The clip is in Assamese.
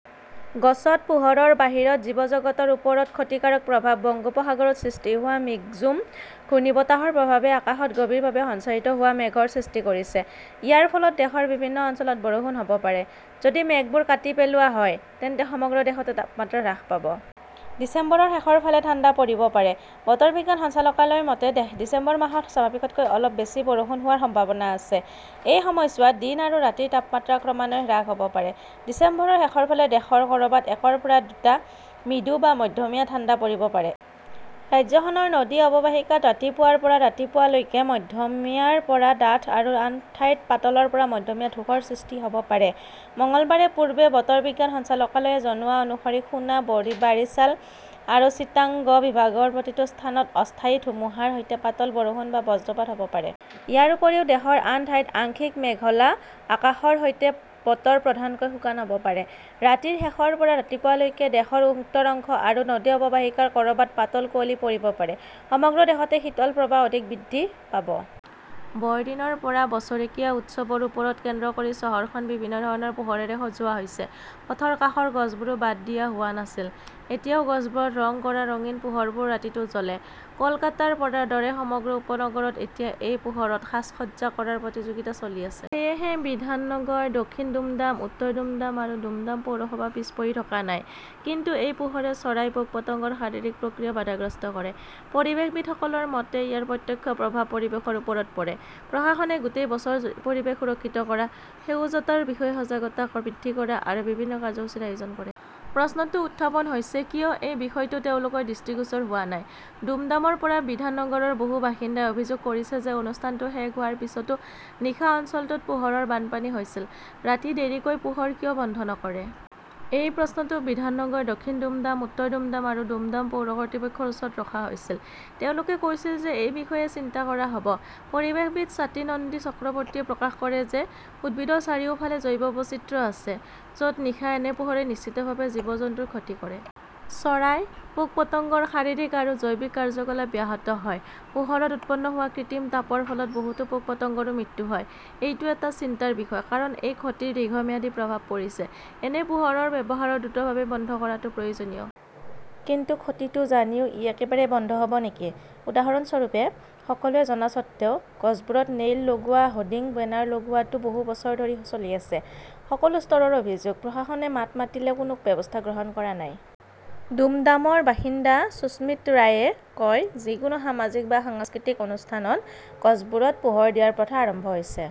গছত পোহৰৰ বাহিৰত জীৱজগতৰ ওপৰত ক্ষতিকাৰক প্ৰভাৱ বংগোপসাগৰত সৃষ্টি হোৱা "মিগজুম" ঘূৰ্ণীবতাহৰ প্ৰভাৱে আকাশত গভীৰভাৱে সঞ্চাৰিত হোৱা মেঘৰ সৃষ্টি কৰিছে। ইয়াৰ ফলত দেশৰ বিভিন্ন অঞ্চলত বৰষুণ হ'ব পাৰে। যদি মেঘবোৰ কাটি পেলোৱা হয়, তেন্তে সমগ্ৰ দেশতে তাপমাত্ৰা হ্ৰাস পাব। ডিচেম্বৰৰ শেষৰ ফালে ঠাণ্ডা পৰিব পাৰে। বতৰ বিজ্ঞান সঞ্চালকালয়ৰ মতে, ডিচেম্বৰ মাহত স্বাভাৱিকতকৈ অলপ বেছি বৰষুণ হোৱাৰ সম্ভাৱনা আছে। এই সময়ছোৱাত দিন আৰু ৰাতিৰ তাপমাত্ৰা ক্ৰমান্বয়ে হ্ৰাস হ'ব পাৰে। ডিচেম্বৰৰ শেষৰ ফালে দেশৰ ক'ৰবাত একৰ পৰা দুটা মৃদু বা মধ্যমীয়া ঠাণ্ডা পৰিব পাৰে। ৰাজ্যখনৰ নদী অৱবাহিকাত ৰাতিপুৱাৰ পৰা ৰাতিপুৱা লৈকে মধ্যমীয়াৰ পৰা ডাঠ আৰু আন ঠাইত পাতলৰ পৰা মধ্যমীয়া ধূসৰ সৃষ্টি হ'ব পাৰে। মঙলবাৰে পূৰ্বে বতৰ বিজ্ঞান সঞ্চালকালয়ে জনোৱা অনুসৰি খুনা, বাৰিছাল আৰু চিটাগং বিভাগৰ প্ৰতিটো স্থানত অস্থায়ী ধুমুহাৰ সৈতে পাতল বৰষুণ বা বজ্ৰপাত হ'ব পাৰে। ইয়াৰ উপৰিও দেশৰ আন ঠাইত আংশিক মেঘলা আকাশৰ সৈতে বতৰ প্ৰধানকৈ শুকান হ 'ব পাৰে। ৰাতিৰ শেষৰ পৰা ৰাতিপুৱা লৈকে দেশৰ উত্তৰ অংশ আৰু নদী অৱবাহিকাৰ ক'ৰবাত পাতল কুঁৱলী পৰিব পাৰে। সমগ্ৰ দেশতে শীতল প্ৰৱাহ অধিক বৃদ্ধি পাব। বৰদিনৰ পৰা বছৰীয়া উৎসৱৰ ওপৰত কেন্দ্ৰ কৰি চহৰখন বিভিন্ন ধৰণৰ পোহৰেৰে সজোৱা হৈছে। পথৰ কাষৰ গছবোৰো বাদ দিয়া হোৱা নাছিল। এতিয়াও গছবোৰত ৰং কৰা ৰঙীন পোহৰবোৰ ৰাতিটো জ্বলে। কলকাতাৰ দৰে সমগ্ৰ উপনগৰত এতিয়া এই পোহৰত সাজ-সজ্জা কৰাৰ প্ৰতিযোগিতা চলি আছে। সেয়েহে বিধাননগৰ, দক্ষিণ দুমডাম, উত্তৰ দুমডাম আৰু দুমডাম পৌৰসভাও পিছ পৰি থকা নাই। কিন্তু এই পোহৰে চৰাই, পোক-পতংগৰ শাৰীৰিক প্ৰক্ৰিয়া বাধাগ্ৰস্ত কৰে। পৰিৱেশবিদসকলৰ মতে, ইয়াৰ প্ৰত্যক্ষ প্ৰভাৱ পৰিৱেশৰ ওপৰত পৰে। প্ৰশাসনে গোটেই বছৰজুৰি পৰিৱেশ সুৰক্ষিত কৰা, সেউজতাৰ বিষয়ে সজাগতা বৃদ্ধি কৰা আৰু বিভিন্ন কাৰ্যসূচীৰ আয়োজন কৰে। প্ৰশ্নটো উত্থাপন হৈছে, কিয় এই বিষয়টো তেওঁলোকৰ দৃষ্টিগোচৰ হোৱা নাই? দুমডামৰ পৰা বিধাননগৰৰ বহু বাসিন্দাই অভিযোগ কৰিছে যে অনুষ্ঠানটো শেষ হোৱাৰ পিছতো নিশা অঞ্চলটোত পোহৰৰ বানপানী হৈছিল। ৰাতি দেৰিকৈ পোহৰ কিয় বন্ধ নকৰে? এই প্ৰশ্নটো বিধাননগৰ, দক্ষিণ দুমডাম, উত্তৰ দুমডাম আৰু দুমডাম পৌৰ কৰ্তৃপক্ষৰ ওচৰত ৰখা হৈছিল। তেওঁলোকে কৈছিল যে এই বিষয়ে চিন্তা কৰা হ'ব। পৰিৱেশবিদ স্বাতী নন্দী চক্ৰৱৰ্তীয়ে প্ৰকাশ কৰে যে উদ্ভিদৰ চাৰিওফালে জৈৱ বৈচিত্ৰ্য আছে, য'ত নিশা এনে পোহৰে নিশ্চিতভাৱে জীৱ-জন্তুৰ ক্ষতি কৰে। চৰাই, পোক-পতংগৰ শাৰীৰিক আৰু জৈৱিক কাৰ্যকলাপ ব্যাহত হয়। পোহৰত উৎপন্ন হোৱা কৃত্ৰিম তাপৰ ফলত বহুতো পোক-পতংগৰো মৃত্যু হয়। এইটো এটা চিন্তাৰ বিষয়। কাৰণ, এই ক্ষতিৰ দীৰ্ঘম্যাদী প্ৰভাৱ পৰিছে। এনে পোহৰৰ ব্যৱহাৰ দ্ৰুতভাৱে বন্ধ কৰাটো প্ৰয়োজনীয়। কিন্তু ক্ষতিটো জানিও ই একেবাৰে বন্ধ হ'ব নেকি? উদাহৰণস্বৰূপে, সকলোৱে জনা স্বত্বেও, গছবোৰত নেইল লগোৱা হোৰ্ডিং-বেনাৰ লগোৱাটো বহু বছৰ ধৰি চলি আছে। সকলো স্তৰৰ অভিযোগ, প্ৰশাসনে মাত মাতিলেও কোনো ব্যৱস্থা গ্ৰহণ কৰা নাই। দুমডামৰ বাসিন্দা সুস্মিত ৰায়ে কয়, যিকোনো সামাজিক বা সাংস্কৃতিক অনুষ্ঠানত গছবোৰত পোহৰ দিয়াৰ প্ৰথা আৰম্ভ হৈছে